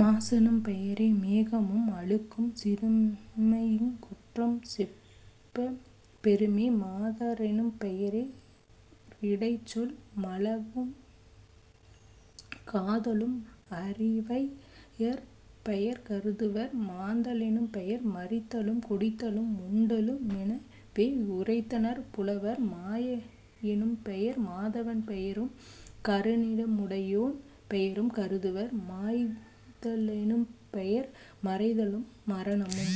மாசெனும் பெயரே மேகமும் அழுக்கும் சிறுமையுங் குற்றமும் செப்பப் பெறுமே..... மாத ரெனும்பெய ரிடைச்சொலு மழகும் காதலும் அரிவையர் பெயரும் கருதுவர்..... மாந்த லெனும்பெயர் மரித்தலும் குடித்தலும் உண்டலு மெனவே யுரைத்தனர் புலவர்..... மாய னெனும்பெயர் மாதவன் பெயரும் கருநிற முடையோன் பெயரும் கருதுவர்..... மாய்த லெனும்பெயர் மறைதலும் மரணமும்.....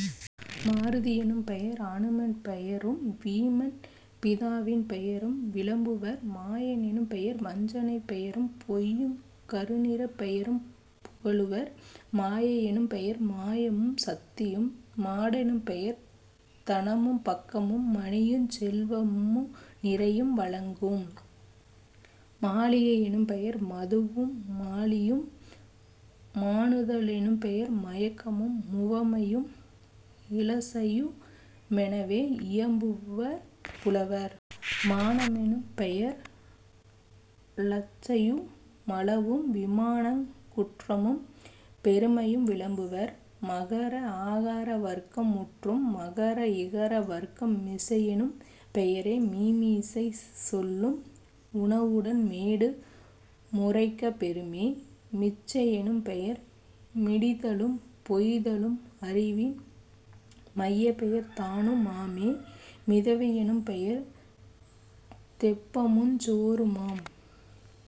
மாருதி யெனும்பெயர் அநுமன் பெயரும் வீமன் பிதாவின் பெயரும் விளம்புவர்..... மாய மெனும்பெயர் வஞ்சனைப் பெயரும் பொய்யுங் கருநிறப் பெயரும் புகலுவர்..... மாயை யெனும்பெயர் மாயமும் சத்தியும்..... மாடெனும் பெயரே தனமும் பக்கமும் மணியுஞ் செல்வமு நிரையும் வழங்கும்..... மாலிகை யெனும்பெயர் மதுவு மாலியும்..... மானுத லெனும்பெயர் மயக்கமு முவமையும் இலச்சையு மெனவே இயம்புவர் புலவர்..... மான மெனும்பெயர் லச்சையு மளவும் விமானமுங் குற்றமும் பெருமையும் விளம்புவர்..... மகர ஆகார வருக்கம் முற்றும். மகர இகர வருக்கம் மிசையெனும் பெயரே மீமிசைச் சொல்லும் உணவுடன் மேடு முரைக்கப் பெறுமே..... மிச்சை யெனும்பெயர் மிடித்தலும் பொய்த்தலும் அறிவின் மைப்பெயர் தானு மாமே.....। மிதவை யெனும்பெயர் தெப்பமுஞ் சோறுமாம்.....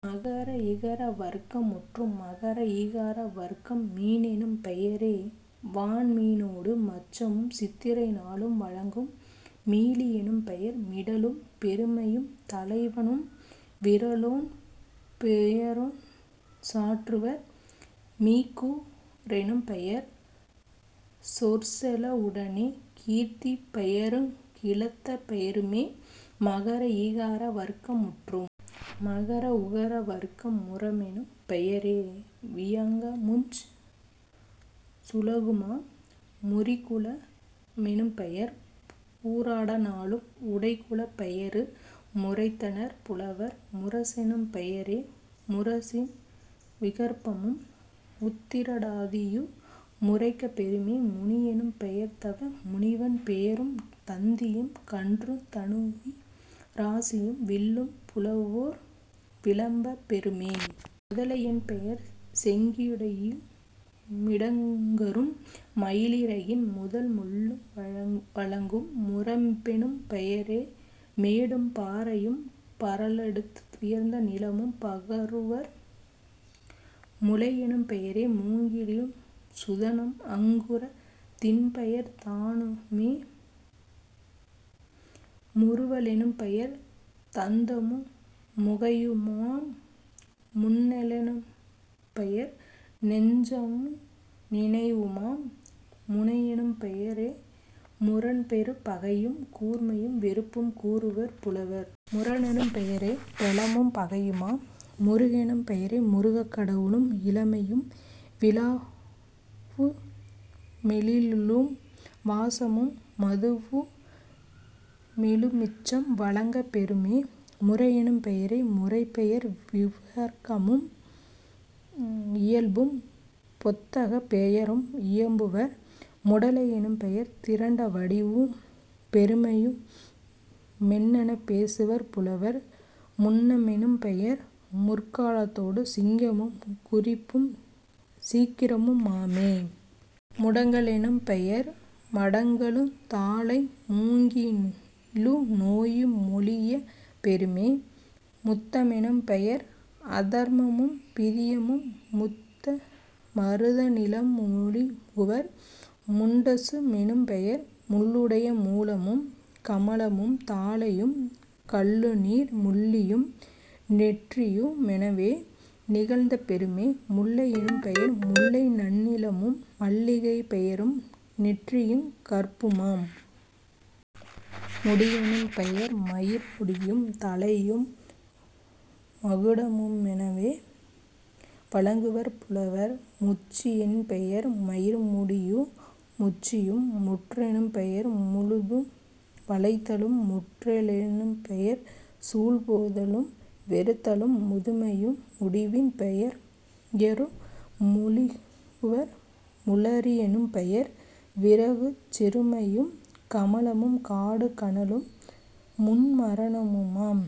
மகர இகர வருக்கம் முற்றும். மகர ஈகார வருக்கம் மீனெனும் பெயரே வான்மீ னோடு மச்சமும் சித்திரை நாளும் வழங்கும்..... மீளி யெனும்பெயர் மிடலும் பெருமையும் தலைவனும் விறலோன் பெயருஞ் சாற்றுவர்..... மீக்கூ றெனும்பெயர் சொற்செல வுடனே கீர்த்திப் பெயருங் கிளத்தப் பெறுமே..... மகர ஈகார வருக்கம் முற்றும். மகர உகர வருக்கம் முறமெனும் பெயரே வியாகமுஞ் சுளகுமாம்..... முறிகுள மெனும்பெயர் பூராட நாளும் உடைகுளப் பெயரு முரைத்தனர் புலவர்..... முரசெனும் பெயரே முரசின் விகற்பமும் உத்திரட் டாதியு முரைக்கப் பெறுமே..... முனியெனும் பெயர்தவ முனிவன் பெயரும் தந்தியின் கன்றுந் தனுவி ராசியும் வில்லும் புலவோர் விளம்பப் பெறுமே..... முதலை யென்பெயர் செங்கிடையு மிடங்கரும் மயிலிறகின் முதன் முள்ளும் வழங்கும்..... முரம்பெனும் பெயரே மேடும் பாறையும் பரலடுத் துயர்ந்த நிலமும் பகருவர்..... முளையெனும் பெயரே மூங்கிலும் சுதனும் அங்குரத் தின்பெயர் தானு மாமே..... முறுவ லெனும்பெயர் தந்தமு முகையுமாம்..... முன்ன லெனும்பெயர் நெஞ்சமு நினைவுமாம்..... முனையெனும் பெயரே முரண்பெறு பகையும் கூர்மையும் வெறுப்பும் கூறுவர் புலவர்..... முரணெனும் பெயரே பெலமும் பகையுமாம்..... முருகெனும் பெயரே முருகக் கடவுளும் இளமையும் விழாவு மெழிலும் வாசமும் மதுவு மெலுமிச்சும் வழங்கப் பெறுமே..... முறையெனும் பெயரே முறைப்பெயர் விகற்பமும் இயல்பும் பொத்தகப் பெயரும் இயம்புவர்..... முடலை யெனும்பெயர் திரண்ட வடிவும் பெருமையு மென்னப் பேசுவர் புலவர்..... முன்ன மெனும்பெயர் முற்கா லத்தொடு சிங்கமும் குறிப்பும் சீக்கிரமு மாமே..... முடங்க லெனும்பெயர் மடங்கலுந் தாழையும் மூங்கிலு நோயு மொழியப் பெறுமே..... முத்த மெனும்பெயர் அதரமும் பிரியமும் முத்த மருத நிலமு மொழிகுவர்..... முண்டசு மெனும்பெயர் முள்ளுடை மூலமும் கமலமும் தாழையும் கள்ளுநீர் முள்ளியும் நெற்றியு மெனவே நிகழ்த்தப் பெறுமே..... முல்லை யெனும்பெயர் முல்லை நன்னிலமும் மல்லிகைப் பெயரும் வெற்றியுங் கற்புமாம்..... முடியெனும் பெயர்மயிர் முடியும் தலையும் மகுடமு மெனவே வழங்குவர் புலவர்..... முச்சி யென்பெயர் மயிர்முடியு முச்சியும்..... முற்றெனும் பெயரே முழுதும் வளைத்தலும்..... முற்ற லெனும்பெயர் சூழ்போதலும் வெறுத்தலும் முதுமையு முடிவின் பெயரு மொழிகுவர்..... முளரி யெனும்பெயர் விறகுஞ் சிறுமையும் கமலமும் காடும் கனலும் முண்மரனமும்மாம்....